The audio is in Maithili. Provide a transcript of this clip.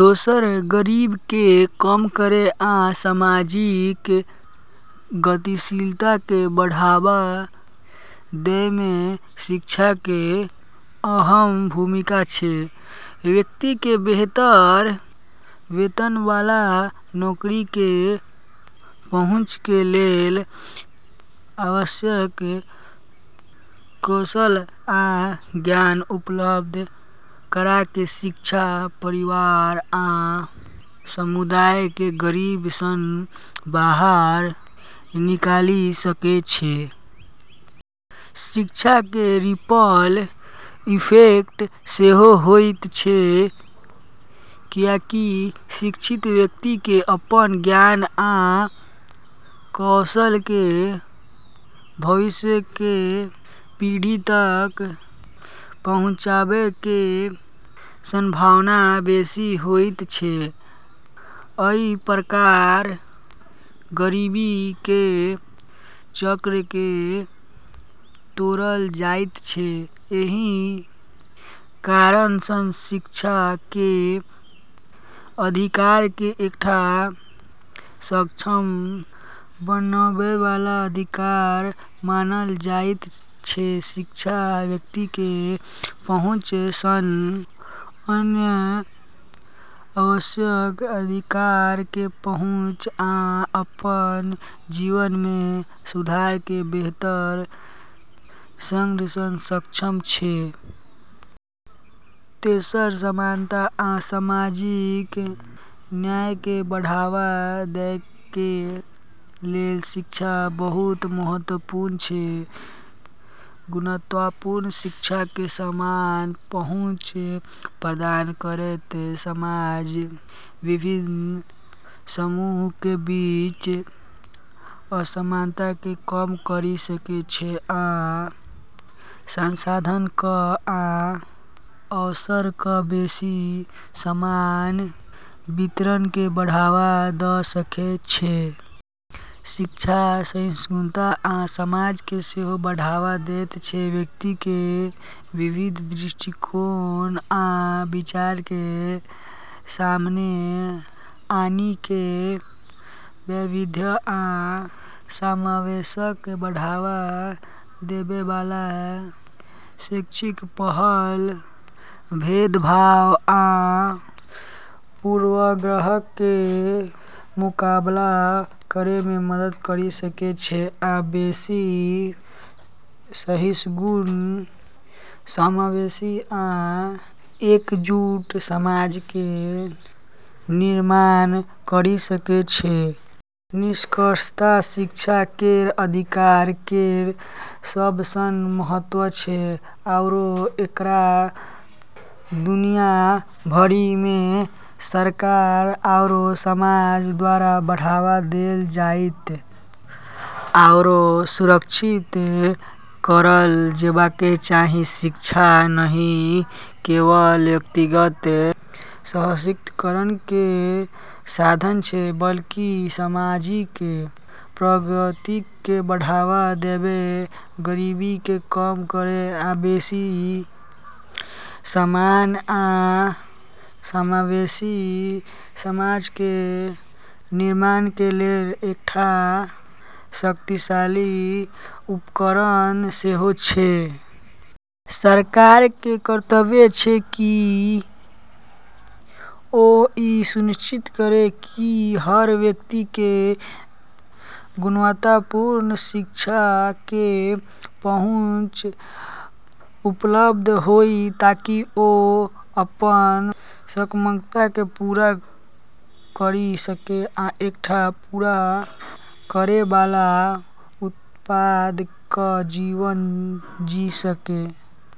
दोसर, गरीबीके कम करै आ सामाजिक गतिशीलताके बढ़ावा दैमे शिक्षाके अहम भूमिका छै। व्यक्तिके बेहतर वेतनबला नौकरीके पहुँचके लेल आवश्यक कौशल आ ज्ञान उपलब्ध कराके शिक्षा परिवार आ समुदायके गरीबी सँ बाहर निकालि सकै छै। शिक्षाके रिपल इफेक्ट सेहो होइत छै, कियाकि शिक्षित व्यक्तिके अपन ज्ञान आ कौशलके भविष्यके पीढ़ि तक पहुँचेबाके संभावना बेशी होइत छै, अइ प्रकार गरीबीके चक्रके तोड़ल जाइत छै। एही कारणसँ शिक्षाके अधिकारके एकटा सक्षम बनबैबला अधिकार मानल जाइत छै शिक्षा, व्यक्तिके पहुँच सँ अन्य आवश्यक अधिकारके पहुँच आ अपन जीवनमे सुधारके बेहतर ढङ्गसँ सक्षम छै। तेसर, समानता आ सामाजिक न्यायके बढ़ावा दैके लेल शिक्षा बहुत महत्वपूर्ण छै। गुणवत्तापूर्ण शिक्षाके समान पहुँच प्रदान करैत समाजक विभिन्न समूहके बीच असमानताके कम करि सकै छै, आ संसाधनक आ अवसरक बेशी समान वितरणके बढ़ावा द' सकै छै। शिक्षा सहिष्णुता आ समझके सेहो बढ़ावा दैत छै, व्यक्तिके विविध दृष्टिकोण आ विचारके सामने आनिकेँ । वैविध्य आ समावेशके बढ़ावा दैबैबला शैक्षिक पहल भेदभाव आ पूर्वाग्रहके मुकाबला करैमे मदद करि सकै छै, आ बेशी सहिष्णु, समावेशी आ एकजुट समाजके निर्माण करि सकै छै। निष्कर्षतः शिक्षा केर अधिकार केर सबसँ महत्व छै, आओर एकरा दुनिया भरिमे सरकार आओर समाज द्वारा बढ़ावा देल जाइ आओर सुरक्षित करल जेबाके चाही। शिक्षा नहि केवल व्यक्तिगत सशक्तिकरणके साधन छै बल्कि सामाजिक प्रगतिके बढ़ावा देबै, गरीबीके कम करै, आ बेशी समान आ समावेशी समाजके निर्माणके लेल एकटा शक्तिशाली उपकरण सेहो छै। सरकारके कर्तव्य छै कि ओ ई सुनिश्चित करै कि हर व्यक्तिके गुणवत्तापूर्ण शिक्षाके पहुँच उपलब्ध होइ, ताकि ओ अपन क्षमताके पूरा करि सकै आ एकटा पूरा करैबला, उत्पादक जीवन जी सकै ।